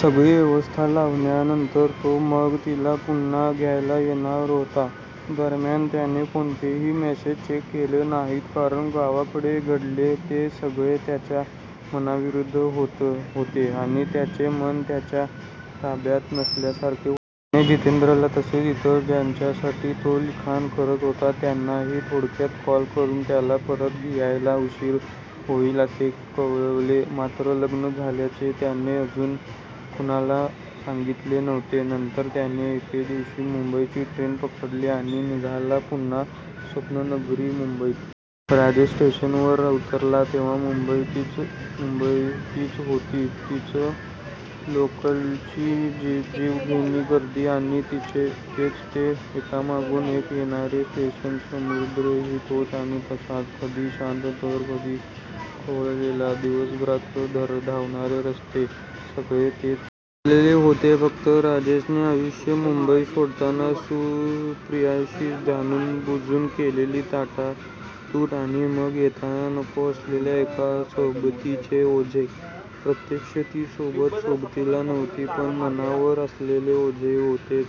सगळी व्यवस्था लावल्यानंतर तो मग तिला पुन्हा घ्यायला येणार होता. दरम्यान त्याने कोणतेही मेसेज चेक केले नाहीत कारण गावाकडे घडले ते सगळे त्याच्या मनाविरुद्ध होत होते आणि त्याचे मन त्याच्या ताब्यात नसल्यासारखे होते. त्याने जितेंद्रला तसेच इतर ज्यांच्यासाठी तो लिखाण करत होता त्यांनाही थोडक्यात कॉल करून त्याला परत यायला उशीर होईल असे कळवले, मात्र लग्न झाल्याचे त्याने अजून कुणाला सांगितले नव्हते. नंतर त्याने एके दिवशी मुंबईची ट्रेन पकडली आणि निघाला पुन्हा स्वप्ननगरी मुंबईत. राजेश स्टेशनवर उतरला तेव्हा मुंबई तीच होती. तीच लोकलची जीवघेणी गर्दी आणि तेच ते एकामागून एक येणारे स्टेशन्स. समुद्रही तोच आणि तसाच. कधी शांत तर कधी खवळलेला. दिवसरात्र धावणारे रस्ते. सगळे तेच होते. बदलले होते फक्त राजेशने आयुष्य. मुंबई सोडतांना सुप्रियाशी जाणूनबुजून केलेली ताटातूट आणि मग येतांना नको असलेल्या एका सोबतीचे ओझे. प्रत्यक्ष ती सोबत सोबतीला नव्हती पण मनावर असलेले ओझे होतेच.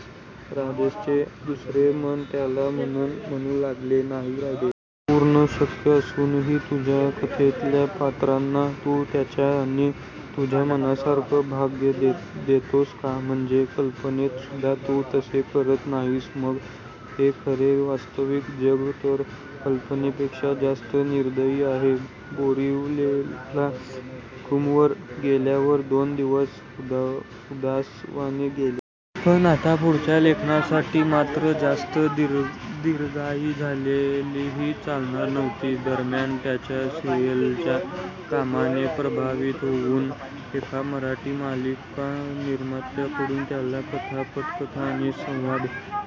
राजेशचे दुसरे मन त्याला म्हणू लागले, नाही राजेश. पूर्ण शक्य असूनही तुझ्या कथेतल्या पात्रांना तू त्यांच्या आणि तुझ्या मनासारखं भाग्य देतोस का? म्हणजे कल्पनेत सुद्धा तू तसे करत नाहीस मग हे खरे वास्तविक जग तर कल्पनेपेक्षा जास्त निर्दयी आहे. बोरिवलीला रूमवर गेल्यावर दोन दिवस उदा उदासवाणे गेले. पण आता पुढच्या लेखनासाठी मात्र जास्त दिरंगाई झालेलीही चालणार नव्हती. दरम्यान त्याच्या सिरियलच्या कामाने प्रभावित होऊन एका मराठी मालिका निर्मात्याकडून त्याला कथा, पटकथा आणि संवाद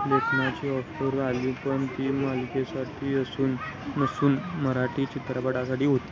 लेखनाची ऑफर आली पण ती मालिकेसाठी नसून मराठी चित्रपटासाठी होती.